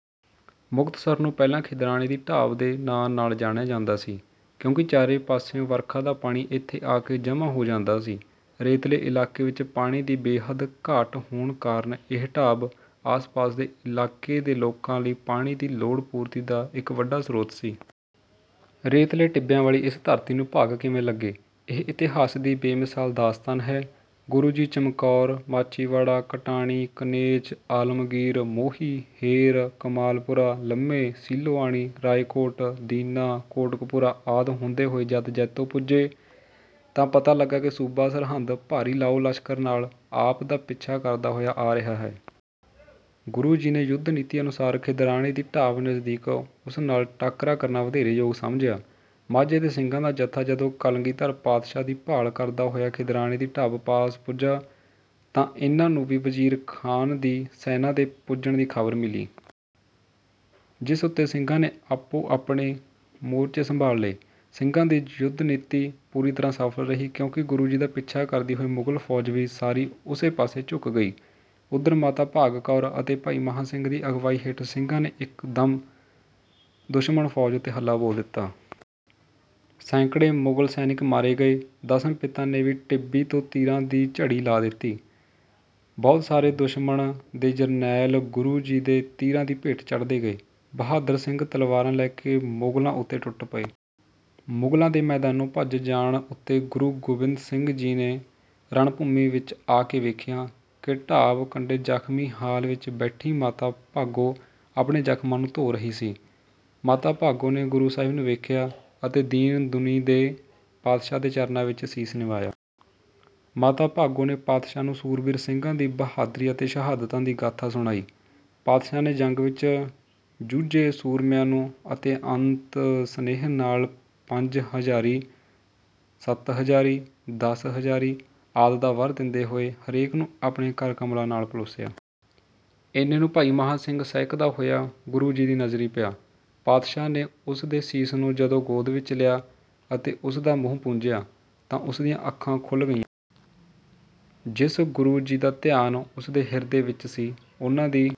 ਮੁਕਤਸਰ ਨੂੰ ਪਹਿਲਾਂ ਖਿਦਰਾਣੇ ਦੀ ਢਾਬ ਦੇ ਨਾਂ ਨਾਲ ਜਾਣਿਆ ਜਾਂਦਾ ਸੀ। ਕਿਉਂਕਿ ਚਾਰੇ ਪਾਸਿਓਂ ਵਰਖਾ ਦਾ ਪਾਣੀ ਇੱਥੇ ਆ ਕੇ ਜਮ੍ਹਾਂ ਹੋ ਜਾਂਦਾ ਸੀ। ਰੇਤਲੇ ਇਲਾਕੇ ਵਿੱਚ ਪਾਣੀ ਦੀ ਬੇਹੱਦ ਘਾਟ ਹੋਣ ਕਾਰਨ ਇਹ ਢਾਬ, ਆਸ-ਪਾਸ ਦੇ ਇਲਾਕੇ ਦੇ ਲੋਕਾਂ ਲਈ ਪਾਣੀ ਦੀ ਲੋੜ-ਪੂਰਤੀ ਦਾ ਇੱਕ ਵੱਡਾ ਸਰੋਤ ਸੀ। ਰੇਤਲੇ ਟਿੱਬਿਆਂ ਵਾਲੀ ਇਸ ਧਰਤੀ ਨੂੰ ਭਾਗ ਕਿਵੇਂ ਲੱਗੇ, ਇਹ ਇਤਿਹਾਸ ਦੀ ਬੇਮਿਸਾਲ ਦਾਸਤਾਨ ਹੈ। ਗੁਰੂ ਜੀ ਚਮਕੌਰ, ਮਾਛੀਵਾੜਾ, ਕਟਾਣੀ, ਕਨੇਚ, ਆਲਮਗੀਰ, ਮੋਹੀ, ਹੇਰ, ਕਮਾਲਪੁਰਾ, ਲੰਮੇ, ਸੀਲੋਆਣੀ, ਰਾਇਕੋਟ, ਦੀਨਾ, ਕੋਟਕਪੂਰਾ ਆਦਿ ਹੁੰਦੇ ਹੋਏ ਜਦ ਜੈਤੋ ਪੁੱਜੇ, ਤਾਂ ਪਤਾ ਲੱਗਾ ਕਿ ਸੂਬਾ ਸਰਹਿੰਦ ਭਾਰੀ ਲਾਓ-ਲਸ਼ਕਰ ਨਾਲ ਆਪ ਦਾ ਪਿੱਛਾ ਕਰਦਾ ਹੋਇਆ ਆ ਰਿਹਾ ਹੈ। ਗੁਰੂ ਜੀ ਨੇ ਯੁੱਧ ਨੀਤੀ ਅਨੁਸਾਰ ਖਿਦਰਾਣੇ ਦੀ ਢਾਬ ਨਜ਼ਦੀਕ ਉਸ ਨਾਲ ਟਾਕਰਾ ਕਰਨਾ ਵਧੇਰੇ ਯੋਗ ਸਮਝਿਆ। ਮਾਝੇ ਦੇ ਸਿੰਘਾਂ ਦਾ ਜਥਾ ਜਦੋਂ ਕਲਗੀਧਰ ਪਾਤਸ਼ਾਹ ਦੀ ਭਾਲ ਕਰਦਾ ਹੋਇਆ ਖਿਦਰਾਣੇ ਦੀ ਢਾਬ ਪਾਸ ਪੁੱਜਾ, ਤਾਂ ਇਨ੍ਹਾਂ ਨੂੰ ਵੀ ਵਜ਼ੀਰ ਖਾਨ ਦੀ ਸੈਨਾ ਦੇ ਪੁੱਜਣ ਦੀ ਖ਼ਬਰ ਮਿਲੀ। ਜਿਸ ਉੱਤੇ ਸਿੰਘਾਂ ਨੇ ਆਪੋ-ਆਪਣੇ ਮੋਰਚੇ ਸੰਭਾਲ ਲਏ। ਸਿੰਘਾਂ ਦੀ ਯੁੱਧ ਨੀਤੀ ਪੂਰੀ ਤਰ੍ਹਾਂ ਸਫਲ ਰਹੀ, ਕਿਉਂਕਿ ਗੁਰੂ ਜੀ ਦਾ ਪਿੱਛਾ ਕਰਦੀ ਹੋਈ ਮੁਗ਼ਲ ਫ਼ੌਜ ਵੀ ਸਾਰੀ ਉਸੇ ਪਾਸੇ ਝੁਕ ਗਈ। ਉੱਧਰ ਮਾਤਾ ਭਾਗ ਕੌਰ ਅਤੇ ਭਾਈ ਮਹਾਂ ਸਿੰਘ ਦੀ ਅਗਵਾਈ ਹੇਠ ਸਿੰਘਾਂ ਨੇ ਇੱਕ ਦਮ ਦੁਸ਼ਮਣ ਫ਼ੌਜ ਉੱਤੇ ਹੱਲਾ ਬੋਲ ਦਿੱਤਾ। ਸੈਂਕੜੇ ਮੁਗਲ ਸੈਨਿਕ ਮਾਰੇ ਗਏ। ਦਸਮ ਪਿਤਾ ਨੇ ਵੀ ਟਿੱਬੀ ਤੋਂ ਤੀਰਾਂ ਦੀ ਝੜੀ ਲਾ ਦਿੱਤੀ। ਬਹੁਤ ਸਾਰੇ ਦੁਸ਼ਮਣ ਦੇ ਜਰਨੈਲ ਗੁਰੂ ਜੀ ਦੇ ਤੀਰਾਂ ਦੀ ਭੇਟ ਚੜ੍ਹਦੇ ਗਏ। ਬਹਾਦਰ ਸਿੰਘ ਤਲਵਾਰਾਂ ਲੈ ਕੇ ਮੁਗ਼ਲਾਂ ਉੱਤੇ ਟੁੱਟ ਪਏ। ਮੁਗ਼ਲਾਂ ਦੇ ਮੈਦਾਨੋਂ ਭੱਜ ਜਾਣ ਉੱਤੇ ਗੁਰੂ ਗੋਬਿੰਦ ਸਿੰਘ ਜੀ ਨੇ ਰਣਭੂਮੀ ਵਿੱਚ ਆ ਕੇ ਵੇਖਿਆ, ਕਿ ਢਾਬ ਕੰਢੇ ਜ਼ਖਮੀ ਹਾਲ ਵਿੱਚ ਬੈਠੀ ਮਾਤਾ ਭਾਗੋ ਆਪਣੇ ਜ਼ਖਮਾਂ ਨੂੰ ਧੋ ਰਹੀ ਸੀ। ਮਾਤਾ ਭਾਗੋ ਨੇ ਗੁਰੂ ਸਾਹਿਬ ਨੂੰ ਵੇਖਿਆ, ਅਤੇ ਦੀਨ ਦੁਨੀ ਦੇ ਪਾਤਸ਼ਾਹ ਦੇ ਚਰਨਾਂ ਵਿੱਚ ਸੀਸ ਨਿਵਾਇਆ। ਮਾਤਾ ਭਾਗੋ ਨੇ ਪਾਤਸ਼ਾਹ ਨੂੰ ਸੂਰਬੀਰ ਸਿੰਘਾਂ ਦੀ ਬਹਾਦਰੀ ਅਤੇ ਸ਼ਹਾਦਤਾਂ ਦੀ ਗਾਥਾ ਸੁਣਾਈ। ਪਾਤਸ਼ਾਹ ਨੇ ਜੰਗ ਵਿੱਚ ਜੂਝੇ ਸੂਰਮਿਆਂ ਨੂੰ ਅਤਿਅੰਤ ਸਨੇਹ ਨਾਲ ਪੰਜ ਹਜ਼ਾਰੀ, ਸੱਤ ਹਜ਼ਾਰੀ, ਦਸ ਹਜ਼ਾਰੀ ਆਦਿ ਦਾ ਵਰ ਦਿੰਦੇ ਹੋਏ, ਹਰੇਕ ਨੂੰ ਆਪਣੇ ਕਰ ਕਮਲਾਂ ਨਾਲ ਪਲੋਸਿਆ। ਏਨੇ ਨੂੰ ਭਾਈ ਮਹਾਂ ਸਿੰਘ ਸਹਿਕਦਾ ਹੋਇਆ ਗੁਰੂ ਜੀ ਦੀ ਨਜ਼ਰੀਂ ਪਿਆ। ਪਾਤਸ਼ਾਹ ਨੇ ਉਸ ਦੇ ਸੀਸ ਨੂੰ ਜਦੋਂ ਗੋਦ ਵਿੱਚ ਲਿਆ, ਅਤੇ ਉਸ ਦਾ ਮੂੰਹ ਪੂੰਝਿਆ, ਤਾਂ ਉਸ ਦੀਆਂ ਅੱਖਾਂ ਖੁੱਲ੍ਹ ਗਈਆਂ। ਜਿਸ ਗੁਰੂ ਜੀ ਦਾ ਧਿਆਨ ਉਸ ਦੇ ਹਿਰਦੇ ਵਿੱਚ ਸੀ, ਉਨ੍ਹਾਂ ਦੀ